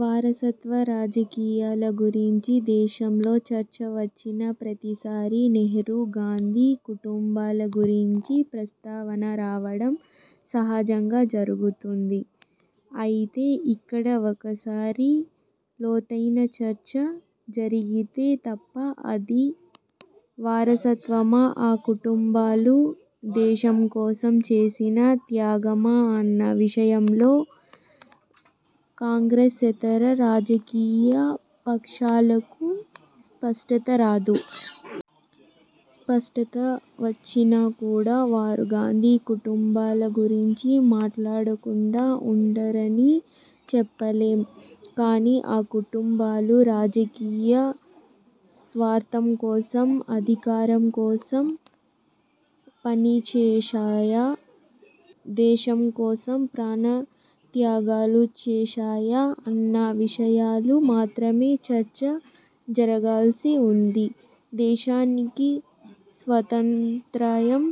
వారసత్వ రాజకీయాల గురించి దేశంలో చర్చ వచ్చిన ప్రతిసారీ నెహ్రూ, గాంధీ కుటుంబాల గురించి ప్రస్తావన రావడం సహజంగా జరుగుతుంది. అయితే ఇక్కడ ఒకసారి లోతైన చర్చ జరిగితే తప్ప అది వారసత్వమా, ఆ కుటుంబాలు దేశం కోసం చేసిన త్యాగమా అన్న విషయంలో కాంగ్రెసేతర రాజకీయ పక్షాలకు స్పష్టత రాదు. స్పష్టత వచ్చినా కూడా వారు గాంధీ కుటుంబాల గురించి మాట్లాడకుండా ఉండరని చెప్పలేం. కానీ, ఆ కుటుంబాలు రాజకీయ స్వార్థం కోసం, అధికారం కోసం పనిచేశాయా, దేశం కోసం ప్రాణ త్యాగాలు చేశాయా అన్న విషయాలు మాత్రమే చర్చ జరగాల్సి ఉంది. దేశానికి స్వాతంత్రయం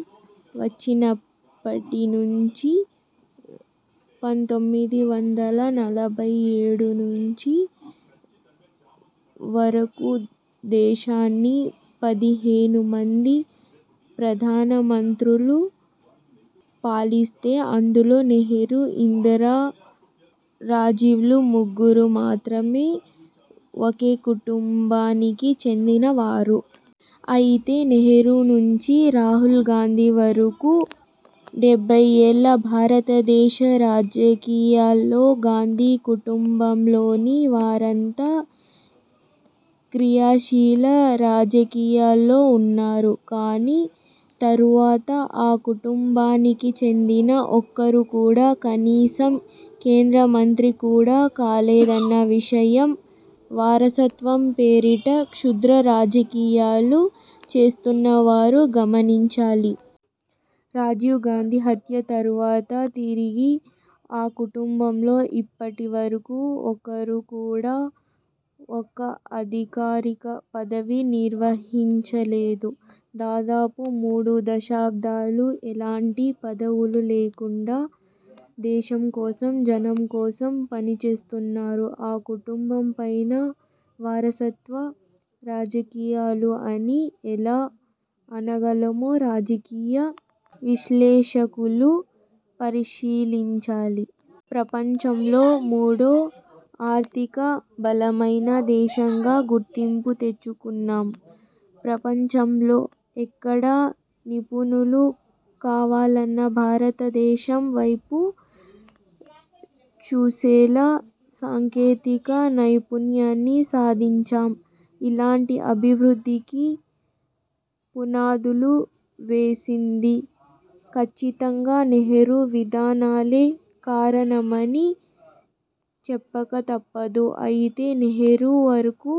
వచ్చినప్పటి నుంచి పంతొమ్మిది వందల నలభై ఏడు నుంచి వరకు దేశాన్ని పది హేను మంది ప్రధాన మంత్రులు పాలిస్తే అందులో నెహ్రూ, ఇందిరా, రాజీవ్లు ముగ్గురు మాత్రమే ఒకే కుటుంబానికి చెందిన వారు. అయితే నెహ్రూ నుంచి రాహుల్ గాంధీ వరకు డెబ్బై ఏళ్ళ భారతదేశ రాజకీయాల్లో గాంధీ కుటుంబంలోని వారంతా క్రియాశీల రాజకీయాల్లో ఉన్నారు. కానీ తరువాత ఆ కుటుంబానికి చెందిన ఒక్కరు కూడా కనీసం కేంద్ర మంత్రి కూడా కాలేదన్న విషయం వారసత్వం పేరిట క్షుద్ర రాజకీయాలు చేస్తున్న వారు గమనించాలి. రాజీవ్ గాంధీ హత్య తరువాత తిరిగి ఆ కుటుంబంలో ఇప్పటి వరకు ఒక్కరు కూడా ఒక్క అధికారిక పదవి నిర్వహించలేదు. దాదాపు మూడు దశాబ్దాలు ఎలాంటి పదవులు లేకుండా దేశం కోసం, జనం కోసం పనిచేస్తున్నారు. ఆ కుటుంబం పైన వారసత్వ రాజకీయాలు అని ఎలా అనగలమో రాజకీయ విశ్లేషకులు పరిశీలించాలి. ప్రపంచంలో మూడో ఆర్థిక బలమైన దేశంగా గుర్తింపు తెచ్చుకున్నాం. ప్రపంచంలో ఎక్కడ నిపుణులు కావాలన్నా భారతదేశం వైపు చూసేలా సాంకేతిక నైపుణ్యాన్ని సాధించాం. అలాంటి అభివృద్ధికి పునాదులు వేసింది, ఖచ్చితంగా నెహ్రూ విధానాలే కారణమని చెప్పక తప్పదు. అయితే నెహ్రూ వరకు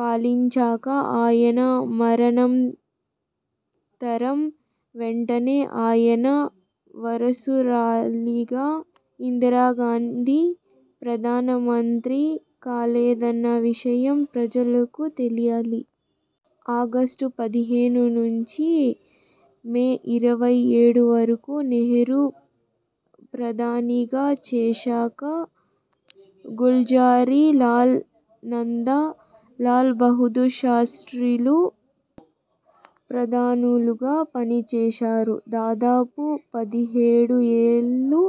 పాలించాక ఆయన మరణాంతరం వెంటనే ఆయన వారసురాలిగా ఇందిరాగాంధీ ప్రధానమంత్రి కాలేదన్న విషయం ప్రజలకు తెలియాలి. ఆగస్టు పదిహేను, నుంచి మే ఇరవై ఏడు, వరకు నెహ్రూ ప్రధానిగా చేశాక, గుల్జారీ లాల్ నందా, లాల్ బహుదూర్ శాస్ర్తిలు ప్రధానులుగా పనిచేశారు. దాదాపు పదిహేడుఏళ్ళు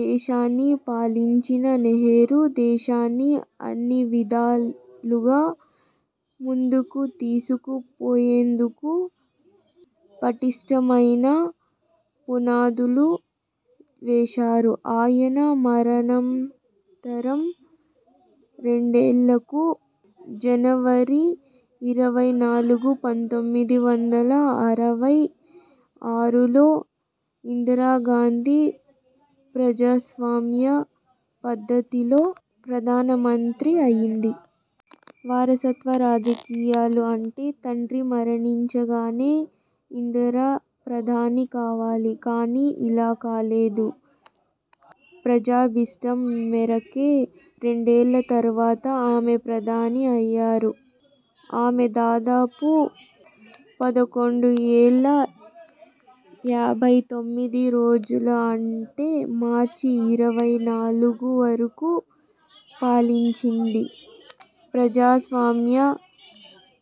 దేశాన్ని పాలించిన నెహ్రూ దేశాన్ని అన్నివిధాలుగా ముందుకు తీసుకు పోయేందుకు పటిష్ఠమైన పునాదులు వేశారు. ఆయన మరణాంతరం, రెండేళ్ళకు జనవరి ఇరవై నాలుగు, పంతొమ్మిది వందల అరవై ఆరులో ఇందిరా గాంధీ ప్రజాస్వామ్య పద్ధతిలో ప్రధాన మంత్రి అయ్యింది. వారసత్వ రాజకీయాలు అంటే తండ్రి మరణించగానే ఇందిర ప్రధాని కావాలి, కానీ అలా కాలేదు. ప్రజాభీష్టం మేరకే రెండేళ్ళ తరువాత ఆమె ప్రధాని అయ్యారు. ఆమె దాదాపు పదకొండు ఏళ్ళ యాభై తొమ్మిది రోజులు అంటే మార్చి ఇరవై నాలుగు వరకు పాలించింది. ప్రజాస్వామ్య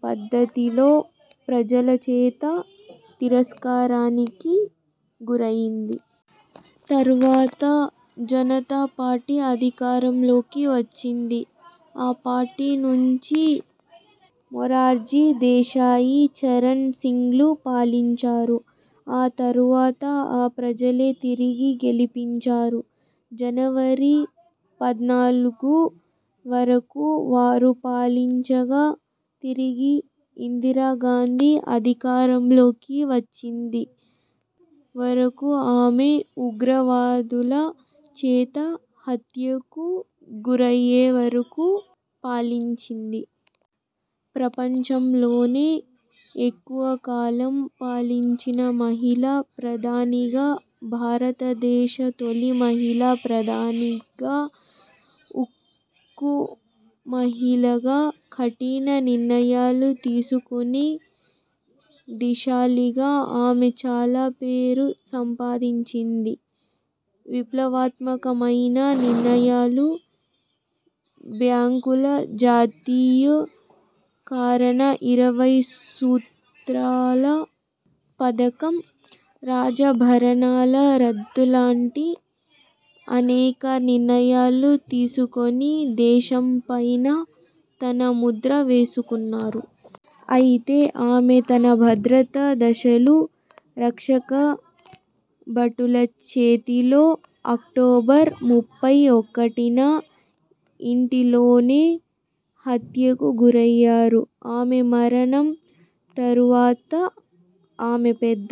పద్ధతిలో ప్రజల చేత తిరస్కారానికి గురయింది. తరువాత జనతా పార్టీ అధికారం లోకి వచ్చింది. ఆ పార్టీ నుంచి మొరార్జీ దేశాయి, చరణ్ సింగ్లు పాలించారు. ఆ తరువాత ఆ ప్రజలే తిరిగి గెలిపించారు. జనవరి పద్నాలుగు వరకు వారు పాలించగా, తిరిగి ఇందిరా గాంధీ అధికారంలోకి వచ్చింది. వరకు ఆమె ఉగ్రవాదుల చేత హత్యకు గురయ్యే వరకు పాలించింది. ప్రపంచంలోనే ఎక్కువ కాలం పాలించిన మహిళా ప్రధానిగా, భారత దేశ తొలి మహిళా ప్రధానిగా, ఉక్కు మహిళగా, కఠిన నిర్ణయాలు తీసుకునే ధీశాలిగా ఆమె చాలా పేరు సంపాదించింది. విప్లవాత్మకమైన నిర్ణయాలు బ్యాంకుల జాతీయీకరణ, ఇరవై సూత్రాల పథకం, రాజ భరణాల రద్దు లాంటి అనేక నిర్ణయాలు తీసుకొని దేశంపైన తన ముద్ర వేసుకున్నారు. అయితే ఆమె తన భద్రతా దళాలు, రక్షక భటుల చేతిలో అక్టోబర్ ముప్పై ఒకటిన ఇంటి లోనే హత్యకు గురయ్యారు. ఆమె మరణం తరు వాత ఆమె పెద్ద